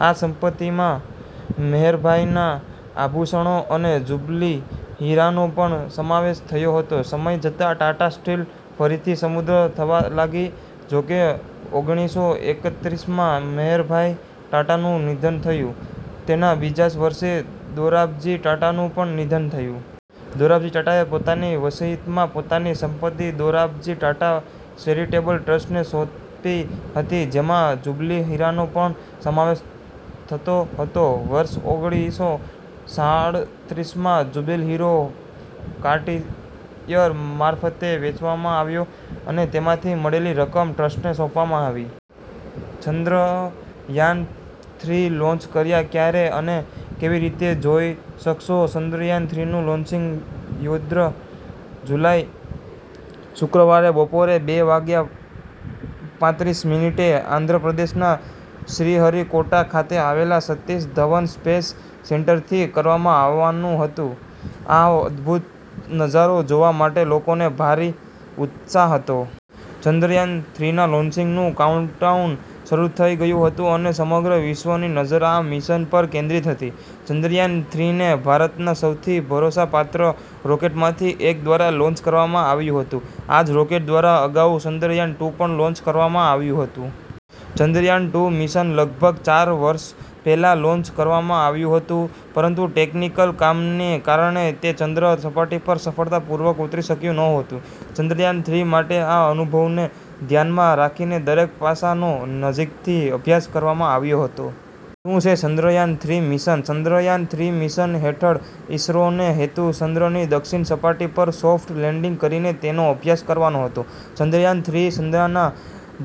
આ સંપત્તિમાં મેહેરબાઈના આભૂષણો અને જુબલી હીરાનો પણ સમાવેશ થતો હતો. સમય જતાં ટાટા સ્ટીલ ફરીથી સમૃદ્ધ થવા લાગી. જોકે, ઓગણીસો એકત્રીસમાં મેહેરબાઈ ટાટાનું નિધન થયું. તેના બીજા જ વર્ષે દોરાબજી ટાટાનું પણ નિધન થયું. દોરાબજી ટાટાએ પોતાની વસીયતમાં પોતાની સંપત્તિ દોરાબજી ટાટા ચેરિટેબલ ટ્રસ્ટને સોંપી હતી, જેમાં જુબલી હીરાનો પણ સમાવેશ થતો હતો. વર્ષ ઓગણીસો સાડત્રીસમાં જુબલી હીરો કાર્ટિયર મારફતે વેચવામાં આવ્યો અને તેમાંથી મળેલી રકમ ટ્રસ્ટને સોંપવામાં આવી. ચંદ્રયાન-થ્રી લોન્ચ: ક્યાં, ક્યારે અને કેવી રીતે જોઈ શકશો? ચંદ્રયાન-થ્રીનું લોન્ચિંગ ચૌદ જુલાઈ, શુક્રવારે બપોરે બે વાગીને પાંત્રીસ મિનિટે આંધ્રપ્રદેશના શ્રીહરિકોટા ખાતે આવેલા સતીશ ધવન સ્પેસ સેન્ટરથી કરવામાં આવવાનું હતું. આ અદભૂત નજારો જોવા માટે લોકોમાં ભારે ઉત્સાહ હતો. ચંદ્રયાન-થ્રીના લોન્ચિંગનું કાઉન્ટડાઉન શરૂ થઈ ગયું હતું અને સમગ્ર વિશ્વની નજર આ મિશન પર કેન્દ્રિત હતી. ચંદ્રયાન-થ્રીને ભારતના સૌથી ભરોસાપાત્ર રોકેટમાંથી એક દ્વારા લોન્ચ કરવામાં આવ્યું હતું. આ જ રોકેટ દ્વારા અગાઉ ચંદ્રયાન-ટૂ પણ લોન્ચ કરવામાં આવ્યું હતું. ચંદ્રયાન-ટૂ મિશન લગભગ ચાર વર્ષ પહેલાં લોન્ચ કરવામાં આવ્યું હતું, પરંતુ ટેક્નિકલ ખામીને કારણે તે ચંદ્રની સપાટી પર સફળતાપૂર્વક ઉતરી શક્યું નહોતું. ચંદ્રયાન-થ્રી માટે આ અનુભવને ધ્યાનમાં રાખીને દરેક પાસાનો નજીકથી અભ્યાસ કરવામાં આવ્યો હતો. શું છે ચંદ્રયાન-થ્રી મિશન? ચંદ્રયાન-થ્રી મિશન હેઠળ ઈસરોનો હેતુ ચંદ્રની દક્ષિણ સપાટી પર સોફ્ટ લેન્ડિંગ કરીને તેનો અભ્યાસ કરવાનો હતો. ચંદ્રયાન-થ્રી ચંદ્રના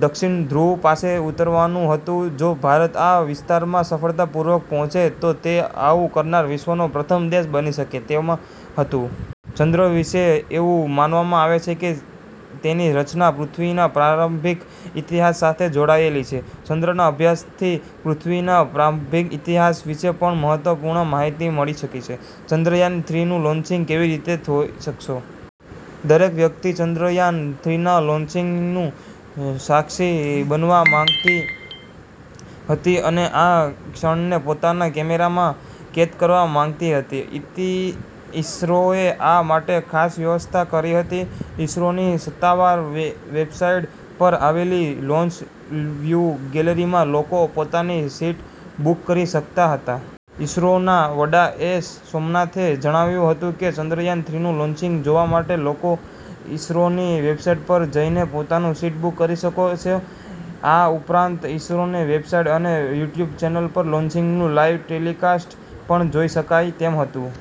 દક્ષિણ ધ્રુવ પાસે ઉતરવાનું હતું. જો ભારત આ વિસ્તારમાં સફળતાપૂર્વક પહોંચે, તો તે આવું કરનાર વિશ્વનો પ્રથમ દેશ બની શકે તેમ હતું. ચંદ્ર વિશે એવું માનવામાં આવે છે કે તેની રચના પૃથ્વીના પ્રારંભિક ઇતિહાસ સાથે જોડાયેલી છે. ચંદ્રના અભ્યાસથી પૃથ્વીના પ્રારંભિક ઇતિહાસ વિશે પણ મહત્વપૂર્ણ માહિતી મળી શકે છે. ચંદ્રયાન-થ્રીનું લોન્ચિંગ કેવી રીતે જોઈ શકશો? દરેક વ્યક્તિ ચંદ્રયાન-થ્રીના લોન્ચિંગનું સાક્ષી બનવા માંગતી હતી અને આ ક્ષણને પોતાના કેમેરામાં કેદ કરવા માંગતી હતી. ઈસરોએ આ માટે ખાસ વ્યવસ્થા કરી હતી. ઈસરોની સત્તાવાર વેબસાઈટ પર આવેલી લોન્ચ વ્યૂ ગેલેરીમાં લોકો પોતાની સીટ બુક કરી શકતા હતા. ઈસરોના વડા એસ. સોમનાથે જણાવ્યું હતું કે ચંદ્રયાન-થ્રીનું લોન્ચિંગ જોવા માટે લોકો ઈસરોની વેબસાઈટ પર જઈને પોતાની સીટ બુક કરી શકે છે. આ ઉપરાંત, ઈસરોની વેબસાઈટ અને યુટ્યુબ ચેનલ પર લોન્ચિંગનું લાઈવ ટેલિકાસ્ટ પણ જોઈ શકાય તેમ હતું.